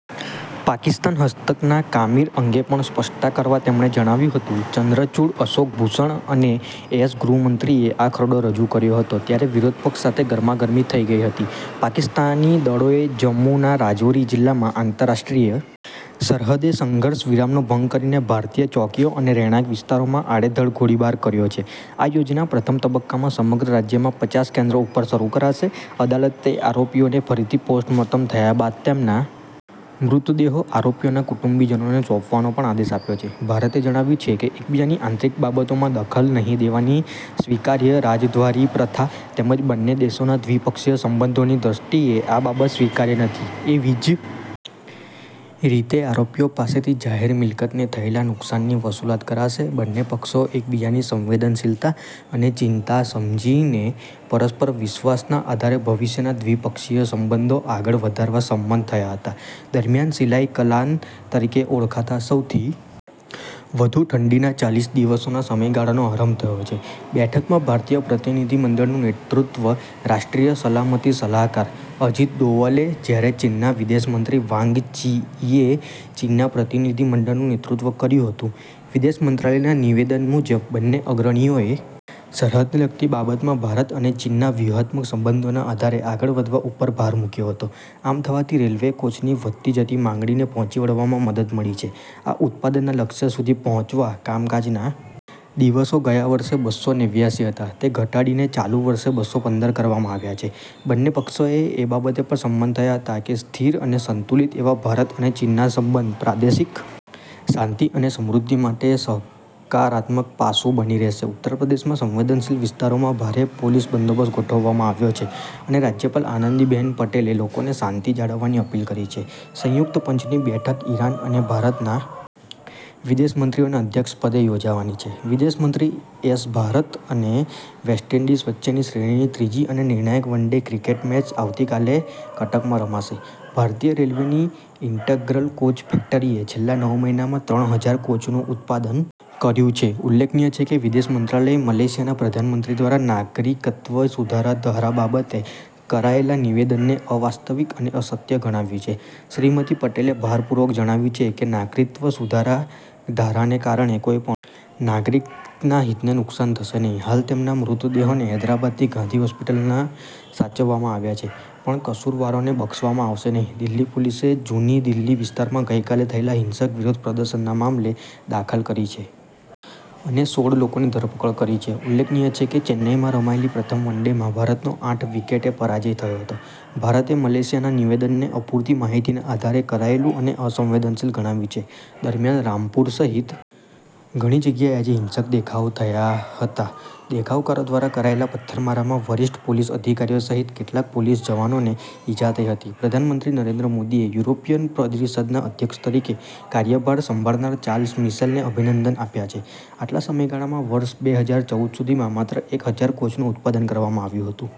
પાકિસ્તાન હસ્તકના કામીર અંગે પણ સ્પષ્ટતા કરવા તેમણે જણાવ્યું હતું ચંદ્રચુડ અશોક ભૂષણ અને એસ ગૃહમંત્રીએ આ ખરડો રજૂ કર્યો ત્યારે વિરોધપક્ષ સાથે ગરમાગરમી થઇ ગઇ હતી પાકિસ્તાની દળોએ જમુના રાજૌરી જિલ્લામાં આંતરરાષ્ટ્રીય સરહદે સંઘર્ષ વિરામનો ભંગ કરીને ભારતીય ચોકીઓ અને રહેણાંક વિસ્તારોમાં આડેધડ ગોળીબાર કર્યો છે આ યોજના પ્રથમ તબક્કામાં સમગ્ર રાજ્યમાં પચાસ કેન્દ્રો ઉપર શરૂ કરાશે અદાલતે આરોપીઓને ફરીથી પોસ્ટ મોર્ટમ થયા બાદ તેમના મૃતદેહો આરોપીઓના કુટુંબીજનોને સોંપવાનો પણ આદેશ આપ્યો છે ભારતે જણાવ્યું છે કે એકબીજાની આંતરિક બાબતોમાં દખલ નહીં દેવાની સ્વીકાર્ય રાજદ્વારી પ્રથા તેમજ બંને દેશોના દ્વિપક્ષીય સંબંધોની દ્રષ્ટિએ આ બાબત સ્વીકાર્ય નથી એવી જ રીતે આરોપીઓ પાસેથી જાહેર મિલકતને થયેલા નુકસાનની વસૂલાત કરાશે બંને પક્ષો એકબીજાની સંવેદનશીલતા અને ચિંતા સમજીને પરસ્પર વિશ્વાસના આધારે ભવિષ્યના દ્વિપક્ષીય સંબંધો આગળ વધારવા સંમત થયા હતા દરમ્યાન સિલાઇ કલાન તરીકે ઓળખાતા સૌથી વધુ ઠંડીના ચાલીસ દિવસોના સમયગાળાનો આરંભ થયો છે બેઠકમાં ભારતીય પ્રતિનિધિમંડળનું નેતૃત્વ રાષ્ટ્રીય સલામતી સલાહકાર અજીત દોવલે જ્યારે ચીનના વિદેશમંત્રી વાંગ યીએ ચીનના પ્રતિનિધિમંડળનું નેતૃત્વ કર્યું હતું વિદેશ મંત્રાલયના નિવેદન મુજબ બંને અગ્રણીઓએ સરહદને લગતી બાબતમાં ભારત અને ચીનના ડ્યૂહાત્મક સંબંધોના આધારે આગળ વધવા ઉપર ભાર મૂક્યો હતો આમ થવાથી રેલવે કોચની વધતી જતી માંગણીને પહોંચી વળવામાં મદદ મળી છે આ ઉત્પાદનના લક્ષ્ય સુધી પહોંચવા કામકાજના દિવસો ગયા વર્ષે બસ્સો નેવ્યાસી હતા તે ઘટાડીને ચાલુ વર્ષે બસ્સો પંદર કરવામાં આવ્યા છે બંને પક્ષો એ બાબતે પણ સંમત થયા હતા કે સ્થિર અને સંતુલિત એવા ભારત અને ચીનના સંબંધ પ્રાદેશિક શાંતિ અને સમૃદ્ધિ માટે સકારાત્મક પાસુ બની રહેશે ઉત્તરપ્રદેશમાં સંવેદનશીલ વિસ્તારોમાં ભારે પોલીસ બંદોબસ્ત ગોઠવવામાં આવ્યો છે અને રાજ્યપાલ આનંદીબેન પટેલે લોકોને શાંતિ જાળવવાની અપીલ કરી છે સંયુક્ત પંચની બેઠક ઇરાન અને ભારતના વિદેશમંત્રીઓના અધ્યક્ષપદે યોજાવાની છે વિદેશમંત્રી એસ ભારત અને વેસ્ટઇન્ડિઝ વચ્ચેની શ્રેણીની ત્રીજી અને નિર્ણાયક વન ડે ક્રિકેટ મેચ આવતીકાલે કટકમાં રમાશે ભારતીય રેલવેની ઇન્ટગ્રલ કોચ ફેક્ટરીએ છેલ્લા નવ મહિનામાં ત્રણ હજાર કોચનું ઉત્પાદન કર્યું છે ઉલ્લેખનીય છે કે વિદેશ મંત્રાલયે મલેશિયાના પ્રધાનમંત્રી દ્વારા નાગરિકત્વ સુધારા ધારા બાબતે કરાયેલા નિવેદનને અવાસ્તવિક અને અસત્ય ગણાવ્યું છે શ્રીમતી પટેલે ભારપૂર્વક જણાવ્યું છે કે નાગરિકત્વ સુધારા ધારાને કારણે કોઇ પણ નાગરિકના હિતને નુકસાન થશે નહીં હાલ તેમના મૃતદેહોને હૈદરાબાદની ગાંધી હોસ્પિટલના સાચવવામાં આવ્યા છે પણ કસૂરવારોને બક્ષવામાં આવશે નહીં દિલ્હી પોલીસે જુની દિલ્હી વિસ્તારમાં ગઇકાલે થયેલા હિંસક વિરોધ પ્રદર્શનના મામલે દાખલ કરી છે અને સોળ લોકોની ધરપકડ કરી છે ઉલ્લેખનીય છે કે ચેન્નાઇમાં રમાયેલી પ્રથમ વનડેમાં ભારતનો આઠ વિકેટે પરાજય થયો હતો ભારતે મલેશિયાના નિવેદનને અપૂરતી માહિતીના આધારે કરાયેલું અને અસંવેદનશીલ ગણાવ્યું છે દરમ્યાન રામપુર સહિત ઘણી જગ્યાએ આજે હિંસક દેખાવો થયા હતા દેખાવકારો દ્વારા કરાયેલા પથ્થરમારામાં વરિષ્ઠ પોલીસ અધિકારીઓ સહીત કેટલાક પોલીસ જવાનોને ઇજા થઇ હતી પ્રધાનમંત્રી નરેન્દ્ર મોદીએ યુરોપિયન પરિષદના અધ્યક્ષ તરીકે કાર્યભાર સંભાળનાર ચાર્લ્સ મિશેલને અભિનંદન આપ્યા છે આટલા સમયમાં વર્ષ બે હજાર ચૌદ સુધીમાં માત્ર એક હજાર કોચનું ઉત્પાદન કરવામાં આવ્યું હતું।